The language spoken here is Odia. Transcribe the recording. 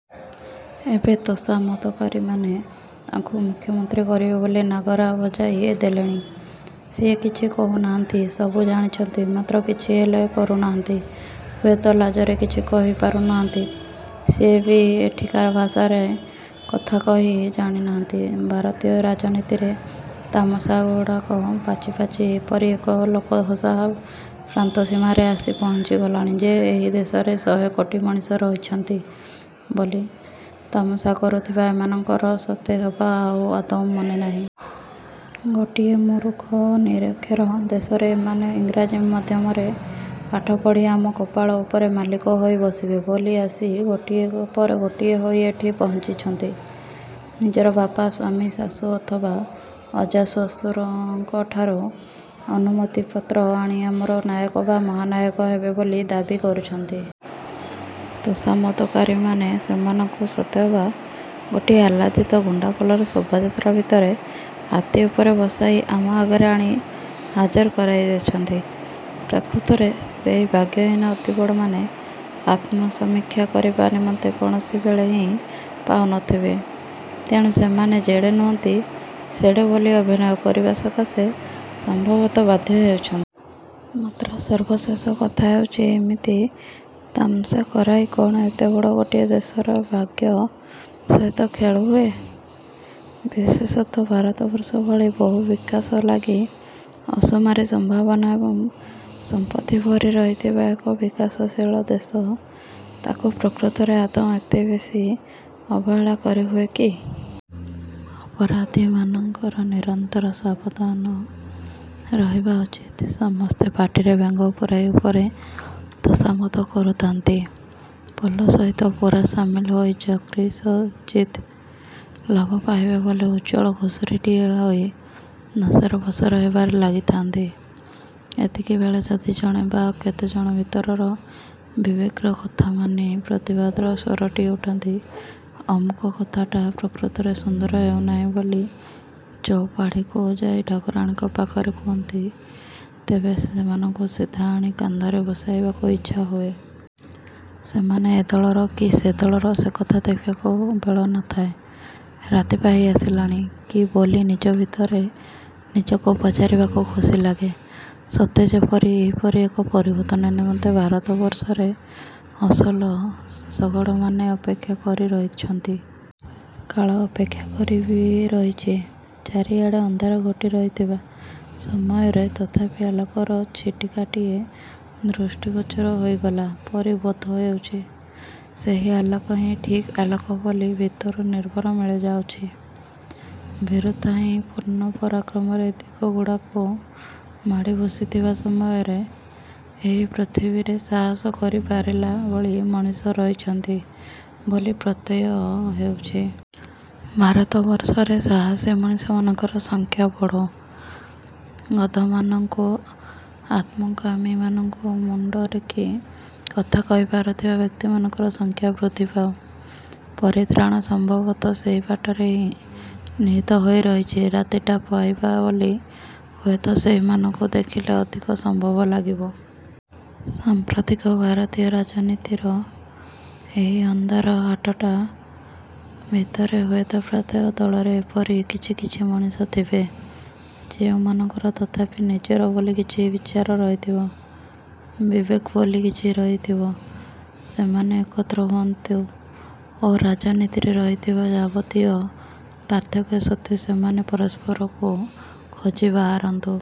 ଏବେ ତୋଷାମଦକାରୀମାନେ ତାଙ୍କୁ ମୁଖ୍ୟମନ୍ତ୍ରୀ କରିବେ ବୋଲି ନାଗରା ବଜାଇ ଦେଲେଣି। ସିଏ କିଛି କହୁନାହାନ୍ତି ସବୁ ଜାଣିଛନ୍ତି ମାତ୍ର କିଛି ହେଲେ କରୁନାହାନ୍ତି ହୁଏତ ଲାଜରେ କିଛି କହିପାରୁ ନାହାନ୍ତି। ସିଏ ବି ଏଠିକାର ଭାଷାରେ କଥାକହି ଜାଣିନାହାନ୍ତି। ଭାରତୀୟ ରାଜନୀତିରେ ତାମସାଗୁଡ଼ାକ ପାଚି ପାଚି ଏପରି ଏକ ଲୋକହସା ପ୍ରାନ୍ତସୀମାରେ ଆସି ପହଞ୍ଚି ଗଲାଣି ଯେ ଏହି ଦେଶରେ ଶହେ କୋଟି ମଣିଷ ରହିଛନ୍ତି ବୋଲି ତାମସା କରୁଥିବା ଏମାନଙ୍କର ସତେ ଅବା ଆଉ ଆଦୌ ମନେନାହିଁ। ଗୋଟିଏ ମୂରୁଖ ଓ ନିରକ୍ଷର ଦେଶରେ ଏମାନେ ଇଂରାଜୀ ମାଧ୍ୟମରେ ପାଠ ପଢି ଆମ କପାଳ ଉପରେ ମାଲିକ ହୋଇ ବସିବେ ବୋଲି ଆସି ଗୋଟିକ ପରେ ଗୋଟିଏ ହୋଇ ଏଠି ପହଞ୍ଚିଛନ୍ତି। ନିଜର ବାପା, ସ୍ୱାମୀ, ଶାଶୁ ଅଥବା ଅଜାଶ୍ୱଶୁରଙ୍କଠାରୁ ଅନୁମତିପତ୍ର ଆଣି ଆମର ନାୟକ ବା ମହାନାୟକ ହେବେ ବୋଲି ଦାବି କରୁଛନ୍ତି। ତୋଷାମଦକାରୀମାନେ ସେମାନଙ୍କୁ ସତେଅବା ଗୋଟିଏ ଆହ୍ଲାଦିତ ଗୁଣ୍ଡାପଲର ଶୋଭାଯାତ୍ରା ଭିତରେ ହାତୀ ଉପରେ ବସାଇ ଆମ ଆଗରେ ଆଣି ହାଜର କରାଇ ଦେଉଛନ୍ତି। ପ୍ରକୃତରେ ସେହି ଭାଗ୍ୟହୀନ ଅତିବଡ଼ମାନେ ଆତ୍ମସମୀକ୍ଷା କରିବା ନିମନ୍ତେ କୌଣସି ବେଳ ହିଁ ପାଉନଥିବେ। ତେଣୁ ସେମାନେ ଯେଡ଼େ ନୁହନ୍ତି, ସେଡ଼େ ବୋଲି ଅଭିନୟ କରିବା ସକାଶେ ସମ୍ଭବତଃ ବାଧ୍ୟ ହେଉଛନ୍ତି। ମାତ୍ର ସର୍ବଶେଷ କଥା ହେଉଛି ଏମିତି ତାମସା କରାଇ କଣ ଏତେବଡ଼ ଗୋଟିଏ ଦେଶର ଭାଗ୍ୟ ସହିତ ଖେଳିହୁଏ? ବିଶେଷତଃ ଭାରତବର୍ଷ ଭଳି ବହୁ ବିକାଶଲାଗି ଅସୁମାରି ସମ୍ଭାବନା ଏବଂ ସମ୍ପତ୍ତି ଭରି ରହିଥିବା ଏକ ବିକାଶଶୀଳ ଦେଶ, ତାକୁ ପ୍ରକୃତରେ ଆଦୌ ଏତେବେଶୀ ଅବହେଳା କରିହୁଏ କି? ଅପରାଧୀମାନଙ୍କର ନିରନ୍ତର ସାବଧାନ ରହିବା ଉଚିତ। ସମସ୍ତେ ପାଟିରେ ବେଙ୍ଗ ପୂରାଇ ଉପରେ ତୋଷାମଦ କରୁଥାନ୍ତି, ପଲ ସହିତ ପୂରା ସାମିଲ ହୋଇ ଯତ୍କିଂଚିତ୍ ଲାଭ ପାଇବେ ବୋଲି ଉଜ୍ଜ୍ୱଳ ଘୁଷୁରିଟିଏ ହୋଇ ନସରପସର ହେବାରେ ଲାଗିଥାନ୍ତି, ଏତିକିବେଳେ ଯଦି ଜଣେ ବା କେତେଜଣ ଭିତରର ବିବେକର କଥାମାନି ପ୍ରତିବାଦର ସ୍ଵରଟିଏ ଉଠାନ୍ତି, ଅମୁକ କଥାଟା ପ୍ରକୃତରେ ସୁନ୍ଦର ହେଉନାହିଁ ବୋଲି ଚଉପାଢ଼ୀକୁ ଯାଇ ଠାକୁରାଣୀଙ୍କ ପାଖରେ କହନ୍ତି, ତେବେ ସେମାନଙ୍କୁ ସିଧାଆଣି କାନ୍ଧରେ ବସାଇବାକୁ ଇଚ୍ଛା ହୁଏ। ସେମାନେ ଏ ଦଳର କି ସେ ଦଳର ସେକଥା ଦେଖିବାକୁ ବେଳ ନଥାଏ। ରାତି ପାହି ଆସିଲାଣି କି ବୋଲି ନିଜ ଭିତରେ ନିଜକୁ ପଚାରିବାକୁ ଖୁସି ଲାଗେ। ସତେ ଯେପରି ଏହିପରି ଏକ ପରିବର୍ତ୍ତନ ନିମନ୍ତେ ଭାରତବର୍ଷରେ ଅସଲ ଶଗଡ଼ମାନେ ଅପେକ୍ଷା କରି ରହିଛନ୍ତି। କାଳ ଅପେକ୍ଷା କରି ବି ରହିଛି। ଚାରିଆଡ଼େ ଅନ୍ଧାର ଘୋଟି ରହିଥିବା ସମୟରେ ତଥାପି ଆଲୋକର ଛିଟିକାଟିଏ ଦୃଷ୍ଟିଗୋଚର ହୋଇଗଲା ପରି ବୋଧ ହେଉଛି। ସେହି ଆଲୋକ ହିଁ ଠିକ୍ ଆଲୋକ ବୋଲି ଭିତରୁ ନିର୍ଭର ମିଳିଯାଉଛି। ଭୀରୁତାହିଁ ପୂର୍ଣ୍ଣ ପରାକ୍ରମରେ ଦିଗଗୁଡ଼ାକୁ ମାଡ଼ି ବସିଥିବା ସମୟରେ ଏହି ପୃଥିବୀରେ ସାହସ କରିପାରିଲା ଭଳି ମଣିଷ ରହିଛନ୍ତି ବୋଲି ପ୍ରତ୍ୟୟ ହେଉଛି। ଭାରତବର୍ଷରେ ସାହସୀ ମଣିଷମାନଙ୍କର ସଂଖ୍ୟା ବଢୁ । ଗଧମାନଙ୍କୁ, ଆତ୍ମକାମୀମାନଙ୍କୁ ମୁଣ୍ଡ ଟେକି କଥା କହି ପାରୁଥିବା ବ୍ୟକ୍ତିମାନଙ୍କର ସଂଖ୍ୟା ବୃଦ୍ଧି ପାଉ। ପରିତ୍ରାଣ ସମ୍ଭବତଃ ସେହି ବାଟରେ ହିଁ ନିହିତ ହୋଇ ରହିଛି। ରାତିଟା ପାହିବ ବୋଲି ହୁଏତ ସେହିମାନଙ୍କୁ ଦେଖିଲେ ଅଧିକ ସମ୍ଭବ ଲାଗିବ। ସାଂପ୍ରତିକ ଭାରତୀୟ ରାଜନୀତିର ଏହି ଅନ୍ଧାର ହାଟଟା ଭିତରେ ହୁଏତ ପ୍ରତ୍ୟେକ ଦଳରେ ଏପରି କିଛି କିଛି ମଣିଷ ଥିବେ ଯେଉଁମାନଙ୍କର ତଥାପି ନିଜର ବୋଲି କିଛି ବିଚାର ରହିଥିବ, ବିବେକ ବୋଲି କିଛି ରହିଥିବ। ସେମାନେ ଏକତ୍ର ହୁଅନ୍ତୁ ଓ ରାଜନୀତିରେ ରହିଥିବା ଯାବତୀୟ ପାର୍ଥକ୍ୟ ସତ୍ତ୍ୱେ ସେମାନେ ପରସ୍ପରକୁ ଖୋଜି ବାହାରନ୍ତୁ ।